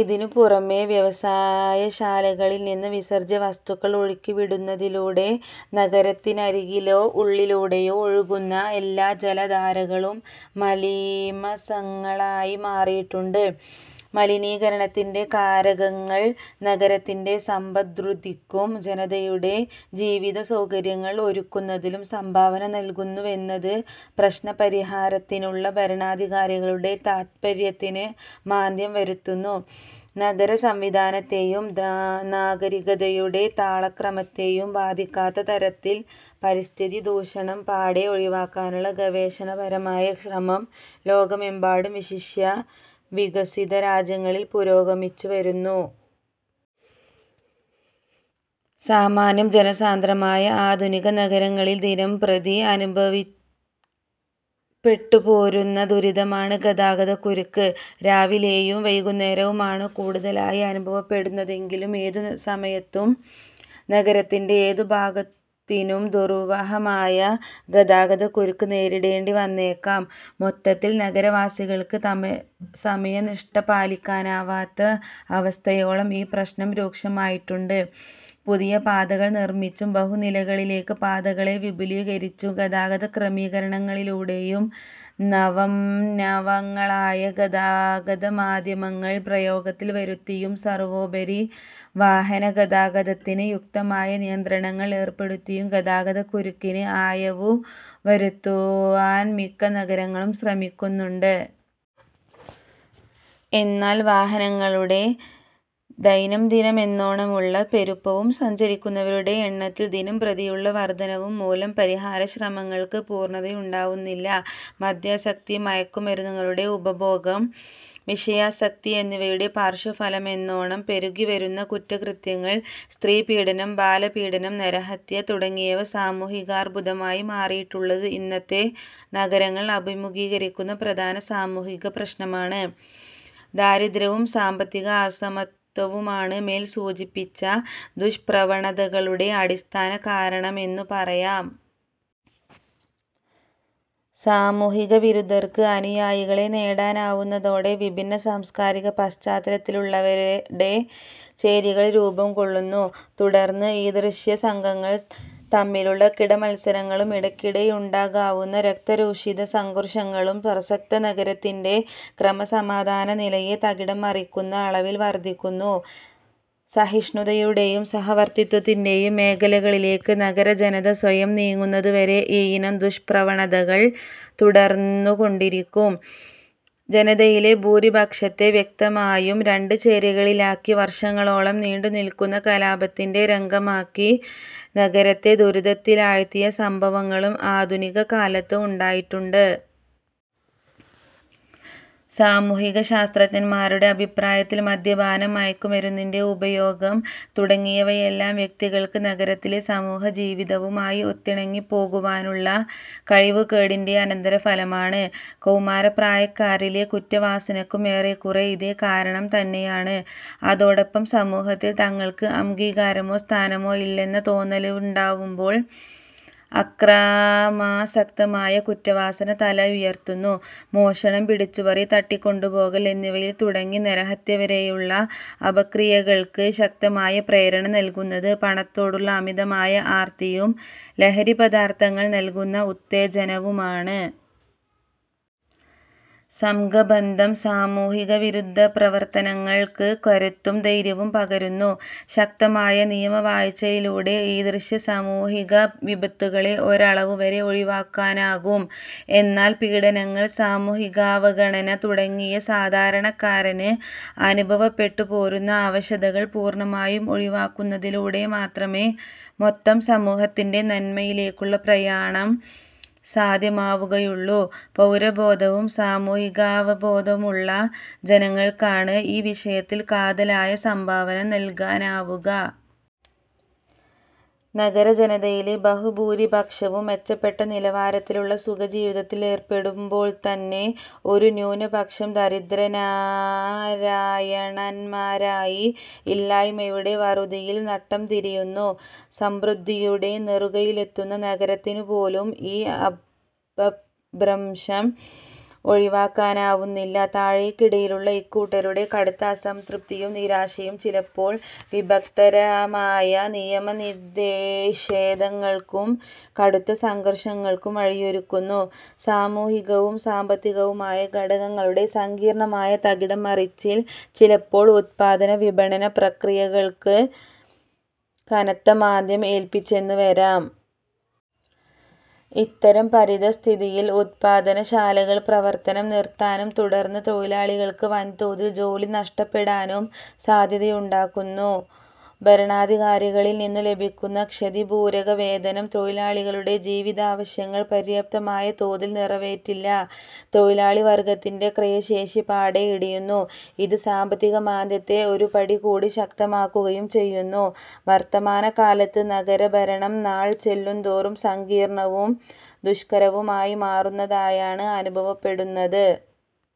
ഇതിനുപുറമേ വ്യവസായശാലകളിൽനിന്ന് വിസർജ്യവസ്തുക്കൾ ഒഴുക്കിവിടുന്നതിലൂടെ നഗരത്തിനരികിലോ ഉള്ളിലൂടെയോ ഒഴുകുന്ന എല്ലാ ജലധാരകളും മലീമസങ്ങളായി മാറിയിട്ടുണ്ട്. മലിനീകരണത്തിന്റെ കാരകങ്ങൾ നഗരത്തിന്റെ സമ്പദ്വൃദ്ധിക്കും ജനതയുടെ ജീവിത സൗകര്യങ്ങൾ ഒരുക്കുന്നതിലും സംഭാവന നല്കുന്നുവെന്നത് പ്രശ്നപരിഹാരത്തിനുള്ള ഭരണാധികാരികളുടെ താത്പര്യത്തിന് മാന്ദ്യം വരുത്തുന്നു. നഗരസംവിധാനത്തെയും നാഗരിതകയുടെ താളക്രമത്തെയും ബാധിക്കാത്ത തരത്തിൽ പരിസ്ഥിതിദൂഷണം പാടേ ഒഴിവാക്കാനുള്ള ഗവേഷണപരമായ ശ്രമം ലോകമെമ്പാടും, വിശിഷ്യാ വികസിതരാജ്യങ്ങളിൽ പുരോഗമിച്ചുവരുന്നു. സാമാന്യം ജനസാന്ദ്രമായ ആധുനിക നഗരങ്ങളിൽ ദിനംപ്രതി അനുഭവപ്പെട്ടുപോരുന്ന ദുരിതമാണ് ഗതാഗതക്കുരുക്ക്. രാവിലെയും വൈകുന്നേരവുമാണ് കൂടുതലായി അനുഭവപ്പെടുന്നതെങ്കിലും ഏതു സമയത്തും നഗരത്തിന്റെ ഏതുഭാഗത്തിനും ദുർവഹമായ ഗതാഗതക്കുരുക്ക് നേരിടേണ്ടിവന്നേക്കാം. മൊത്തത്തിൽ നഗരവാസികൾക്ക് സമയനിഷ്ഠ പാലിക്കാനാവാത്ത അവസ്ഥയോളം ഈ പ്രശ്നം രൂക്ഷമായിട്ടുണ്ട്. പുതിയ പാതകൾ നിർമിച്ചും ബഹുനിലകളിലേക്ക് പാതകളെ വിപുലീകരിച്ചും ഗതാഗതക്രമീകരണങ്ങളിലൂടെയും നവംനവങ്ങളായ ഗതാഗതമാധ്യമങ്ങൾ പ്രയോഗത്തിൽ വരുത്തിയും സർവോപരി വാഹനഗതാഗതത്തിന് യുക്തമായ നിയന്ത്രണങ്ങൾ ഏർപ്പെടുത്തിയും ഗതാഗതക്കുരുക്കിന് അയവുവരുത്തുവാൻ മിക്ക നഗരങ്ങളും ശ്രമിക്കുന്നുണ്ട്. എന്നാൽ വാഹനങ്ങളുടെ ദൈനംദിനമെന്നോണമുള്ള പെരുപ്പവും സഞ്ചരിക്കുന്നവരുടെ എണ്ണത്തിൽ ദിനംപ്രതിയുള്ള വർധനവുംമൂലം പരിഹാരശ്രമങ്ങൾക്ക് പൂർണതയുണ്ടാവുന്നില്ല. മദ്യാസക്തി, മയക്കുമരുന്നുകളുടെ ഉപഭോഗം, വിഷയാസക്തി എന്നിവയുടെ പാർശ്വഫലമെന്നോണം പെരുകിവരുന്ന കുറ്റകൃത്യങ്ങൾ, സ്ത്രീപീഡനം, ബാലപീഡനം, നരഹത്യ തുടങ്ങിയവ സാമൂഹികാർബുദമായി മാറിയിട്ടുള്ളത് ഇന്നത്തെ നഗരങ്ങൾ അഭിമുഖീകരിക്കുന്ന പ്രധാന സാമൂഹിക പ്രശ്നമാണ്. ദാരിദ്ര്യവും സാമ്പത്തിക അസമത്വവുമാണ് മേൽസൂചിപ്പിച്ച ദുഷ്പ്രവണതകളുടെ അടിസ്ഥാനകാരണമെന്നു പറയാം. സാമൂഹികവിരുദ്ധർക്ക് അനുയായികളെ നേടാനാവുന്നതോടെ വിഭിന്ന സാംസ്കാരിക പശ്ചാത്തലത്തിലുള്ളവരുടെ ചേരികൾ രൂപംകൊള്ളുന്നു. തുടർന്ന് ഈദൃശ സംഘങ്ങൾ തമ്മിലുള്ള കിടമത്സരങ്ങളും ഇടയ്ക്കിടെയുണ്ടാകാവുന്ന രക്തരൂക്ഷിത സംഘർഷങ്ങളും പ്രസക്ത നഗരത്തിന്റെ ക്രമസമാധാനനിലയെ തകിടം മറിക്കുന്ന അളവിൽ വർധിക്കുന്നു. സഹിഷ്ണുതയുടെയും സഹവർത്തിത്വത്തിന്റെയും മേഖലകളിലേക്ക് നഗരജനത സ്വയം നീങ്ങുന്നതുവരെ ഈയിനം ദുഷ്പ്രവണതകൾ തുടർന്നുകൊണ്ടിരിക്കും. ജനതയിലെ ഭൂരിപക്ഷത്തെ വ്യക്തമായും രണ്ട് ചേരികളിലാക്കി വർഷങ്ങളോളം നീണ്ടുനില്ക്കുന്ന കലാപത്തിന്റെ രംഗമാക്കി നഗരത്തെ ദുരിതത്തിലാഴ്ത്തിയ സംഭവങ്ങളും ആധുനികകാലത്ത് ഉണ്ടായിട്ടുണ്ട്. സാമൂഹികശാസ്ത്രജ്ഞന്മാരുടെ അഭിപ്രായത്തിൽ മദ്യപാനം, മയക്കുമരുന്നിന്റെ ഉപയോഗം തുടങ്ങിയവയെല്ലാം വ്യക്തികൾക്ക് നഗരത്തിലെ സമൂഹജീവിതവുമായി ഒത്തിണങ്ങിപ്പോകുവാനുള്ള കഴിവുകേടിന്റെ അനന്തരഫലമാണ്. കൗമാരപ്രായക്കാരിലെ കുറ്റവാസനയ്ക്കും ഏറെക്കുറെ ഇതേ കാരണം തന്നെയാണ്; അതോടൊപ്പം സമൂഹത്തിൽ തങ്ങൾക്ക് അംഗീകാരമോ സ്ഥാനമോ ഇല്ലെന്ന തോന്നലുണ്ടാവുമ്പോൾ അക്രമാസക്തമായ കുറ്റവാസന തലയുയർത്തുന്നു. മോഷണം, പിടിച്ചുപറി, തട്ടിക്കൊണ്ടുപോകൽ എന്നിവയിൽ തുടങ്ങി നരഹത്യവരെയുള്ള അപക്രിയകൾക്ക് ശക്തമായ പ്രേരണ നല്കുന്നത് പണത്തോടുള്ള അമിതമായ ആർത്തിയും ലഹരിപദാർഥങ്ങൾ നല്കുന്ന ഉത്തേജനവുമാണ്. സംഘബന്ധം സാമൂഹികവിരുദ്ധപ്രവർത്തനങ്ങൾക്ക് കരുത്തും ധൈര്യവും പകരുന്നു. ശക്തമായ നിയമവാഴ്ചയിലൂടെ ഈദൃശ സാമൂഹിക വിപത്തുകളെ ഒരളവുവരെ ഒഴിവാക്കാനാകും. എന്നാൽ പീഡനങ്ങൾ, സാമൂഹികാവഗണന തുടങ്ങി സാധാരണക്കാരന് അനുഭവപ്പെട്ടു പോരുന്ന അവശതകൾ പൂർണമായും ഒഴിവാക്കുന്നതിലൂടെമാത്രമേ മൊത്തം സമൂഹത്തിന്റെ നന്മയിലേക്കുള്ള പ്രയാണം സാധ്യമാവുകയുള്ളൂ. പൗരബോധവും സാമൂഹികാവബോധവുമുള്ള ജനങ്ങൾക്കാണ് ഈ വിഷയത്തിൽ കാതലായ സംഭാവന നല്കാനാവുക. നഗരജനതയിലെ ബഹുഭൂരിപക്ഷവും മെച്ചപ്പെട്ട നിലവാരത്തിലുള്ള സുഖജീവിതത്തിലേർപ്പെടുമ്പോൾത്തന്നെ ഒരു ന്യൂനപക്ഷം ദരിദ്രനാരായണന്മാരായി, ഇല്ലായ്മയുടെ വറുതിയിൽ നട്ടംതിരിയുന്നു. സമ്പദ്വൃദ്ധിയുടെ നെറുകയിലെത്തുന്ന നഗരത്തിനുപോലും ഈ അപഭ്രംശം ഒഴിവാക്കാനാവുന്നില്ല. താഴേക്കിടയിലുള്ള ഇക്കൂട്ടരുടെ കടുത്ത അസംതൃപ്തിയും നിരാശയും ചിലപ്പോൾ വിപത്കരമായ നിയമനിഷേധങ്ങൾക്കും കടുത്ത സംഘർഷങ്ങൾക്കും വഴിയൊരുക്കുന്നു. സാമൂഹികവും സാമ്പത്തികവുമായ ഘടകങ്ങളുടെ സങ്കീർണമായ തകിടം മറിച്ചിൽ, ചിലപ്പോൾ ഉത്പാദന വിപണന പ്രക്രിയകൾക്ക് കനത്ത മാന്ദ്യം ഏല്പിച്ചെന്നുവരാം. ഇത്തരം പരിതഃസ്ഥിതിയിൽ ഉത്പാദനശാലകൾ പ്രവർത്തനം നിർത്താനും തുടർന്ന്, തൊഴിലാളികൾക്ക് വൻതോതിൽ ജോലി നഷ്ടപ്പെടാനും സാധ്യതയുണ്ടാകുന്നു. ഭരണാധികാരികളിൽനിന്നു ലഭിക്കുന്ന 'ക്ഷതിപൂരക' വേതനം തൊഴിലാളികളുടെ ജീവിതാവശ്യങ്ങൾ പര്യാപ്തമായ തോതിൽ നിറവേറ്റില്ല. തൊഴിലാളിവർഗത്തിന്റെ ക്രയശേഷി പാടേ ഇടിയുന്നു. ഇത് സാമ്പത്തികമാന്ദ്യത്തെ ഒരുപടികൂടി ശക്തമാക്കുകയും ചെയ്യുന്നു. വർത്തമാനകാലത്ത്, നഗരഭരണം നാൾചെല്ലുന്തോറും സങ്കീർണവും ദുഷ്കരവുമായി മാറുന്നതായാണ് അനുഭവപ്പെടുന്നത്.